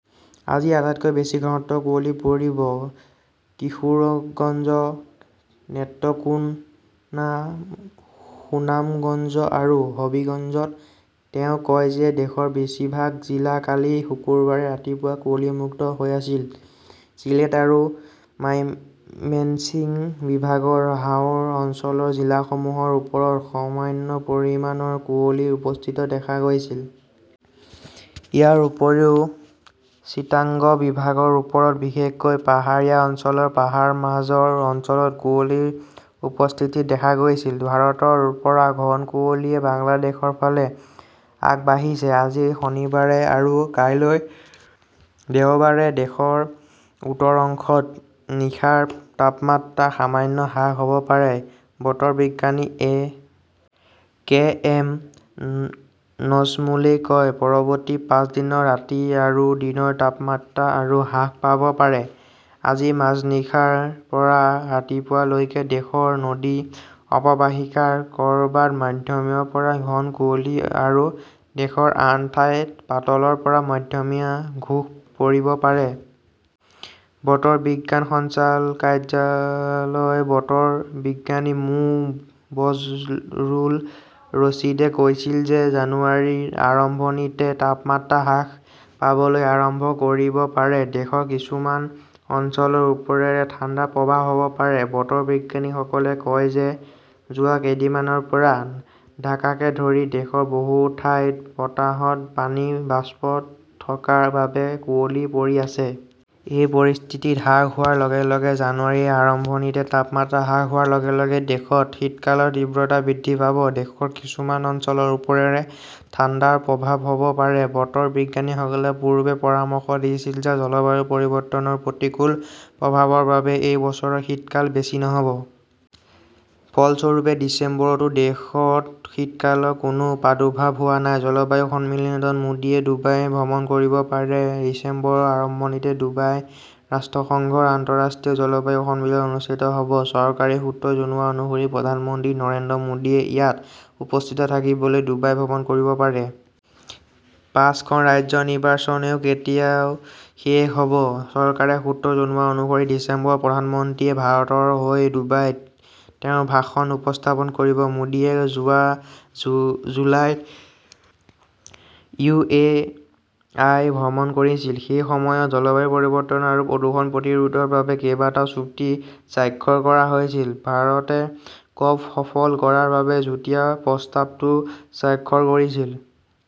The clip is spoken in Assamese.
আজি আটাইতকৈ বেছি ঘনত্বৰ কুঁৱলী পৰিব কিশোৰগঞ্জ, নেত্ৰকোনা, সুনামগঞ্জ আৰু হবিগঞ্জত। তেওঁ কয় যে দেশৰ বেছিভাগ জিলা কালি শুক্ৰবাৰে ৰাতিপুৱা কুঁৱলীমুক্ত হৈ আছিল। ছিলেট আৰু মাইমেঞ্চিং বিভাগৰ হাওৰ অঞ্চলৰ জিলাসমূহৰ ওপৰত সামান্য পৰিমাণৰ কুঁৱলীৰ উপস্থিতি দেখা গৈছিল। ইয়াৰ উপৰিও চিটাগং বিভাগৰ ওপৰত, বিশেষকৈ পাহাৰীয়া অঞ্চলৰ পাহাৰৰ মাজৰ অঞ্চলত কুঁৱলীৰ উপস্থিতি দেখা গৈছিল। ভাৰতৰ পৰা ঘন কুঁৱলীয়ে বাংলাদেশৰ ফালে আগবাঢ়িছে। আজি শনিবাৰে আৰু কাইলৈ দেওবাৰে দেশৰ উত্তৰ অংশত নিশাৰ তাপমাত্ৰা সামান্য হ্ৰাস হʼব পাৰে, বতৰ বিজ্ঞানী এ. কে. এম. নজমুলেই কয়। পৰৱৰ্তী পাঁচ দিনত ৰাতি আৰু দিনৰ তাপমাত্ৰা আৰু হ্ৰাস পাব পাৰে। আজি মাজনিশাৰ পৰা ৰাতিপুৱা লৈকে দেশৰ নদী অৱবাহিকাৰ কʼৰবাত মধ্যমীয়াৰ পৰা ঘন কুঁৱলী আৰু দেশৰ আন ঠাইত পাতলৰ পৰা মধ্যমীয়া ধূস পৰিব পাৰে। বতৰ বিজ্ঞান সঞ্চালকালয়ৰ বতৰ বিজ্ঞানী মো. বজলুৰ ৰছিদে কৈছিল যে জানুৱাৰীৰ আৰম্ভণিতে তাপমাত্ৰা হ্ৰাস পাবলৈ আৰম্ভ কৰিব পাৰে। দেশৰ কিছুমান অঞ্চলৰ ওপৰেৰে ঠাণ্ডাৰ প্ৰৱাহ হʼব পাৰে। বতৰ বিজ্ঞানীসকলে কয় যে যোৱা কেইদিনমানৰ পৰা ঢাকাকে ধৰি দেশৰ বহু ঠাইত বতাহত পানীৰ বাষ্প থকাৰ বাবে কুঁৱলী পৰি আছে। এই পৰিস্থিতি হ্ৰাস হোৱাৰ লগে লগে জানুৱাৰীৰ আৰম্ভণিতে তাপমাত্ৰা হ্ৰাস হোৱাৰ লগে লগে দেশত শীতকালৰ তীব্ৰতা বৃদ্ধি পাব। দেশৰ কিছুমান অঞ্চলৰ ওপৰেৰে ঠাণ্ডাৰ প্ৰৱাহ হʼব পাৰে। বতৰ বিজ্ঞানীসকলে পূৰ্বে পৰামৰ্শ দিছিল যে জলবায়ু পৰিৱৰ্তনৰ প্ৰতিকূল প্ৰভাৱৰ বাবে এই বছৰ শীতকাল বেছি নহ 'ব। ফলস্বৰূপে, ডিচেম্বৰতো দেশত শীতকালৰ কোনো প্ৰাদুৰ্ভাৱ হোৱা নাই। জলবায়ু সন্মিলনত মোদীয়ে ডুবাই ভ্ৰমণ কৰিব পাৰে ডিচেম্বৰৰ আৰম্ভণিতে ডুবাইত ৰাষ্ট্ৰসংঘৰ আন্তঃৰাষ্ট্ৰীয় জলবায়ু সন্মিলন অনুষ্ঠিত হ 'ব। চৰকাৰী সূত্ৰই জনোৱা অনুসৰি প্ৰধানমন্ত্ৰী নৰেন্দ্ৰ মোদীয়ে ইয়াত উপস্থিত থাকিবলৈ ডুবাই ভ্ৰমণ কৰিব পাৰে। পাঁচখন ৰাজ্যৰ নিৰ্বাচনও তেতিয়া শেষ হʼব। চৰকাৰী সূত্ৰই জনোৱা অনুসৰি ডিচেম্বৰত প্ৰধানমন্ত্ৰীয়ে ভাৰতৰ হৈ ডুবাইত তেওঁৰ ভাষণ উপস্থাপন কৰিব। মোদীয়ে যোৱা জুলাইত ইউ. এ. ই. ভ্ৰমণ কৰিছিল। সেই সময়ত জলবায়ু পৰিৱৰ্তন আৰু প্ৰদূষণ প্ৰতিৰোধৰ বাবে কেইবাটাও চুক্তি স্বাক্ষৰ কৰা হৈছিল। ভাৰতে ক'প সফল কৰাৰ বাবে যুটীয়া প্ৰস্তাৱতো স্বাক্ষৰ কৰিছিল।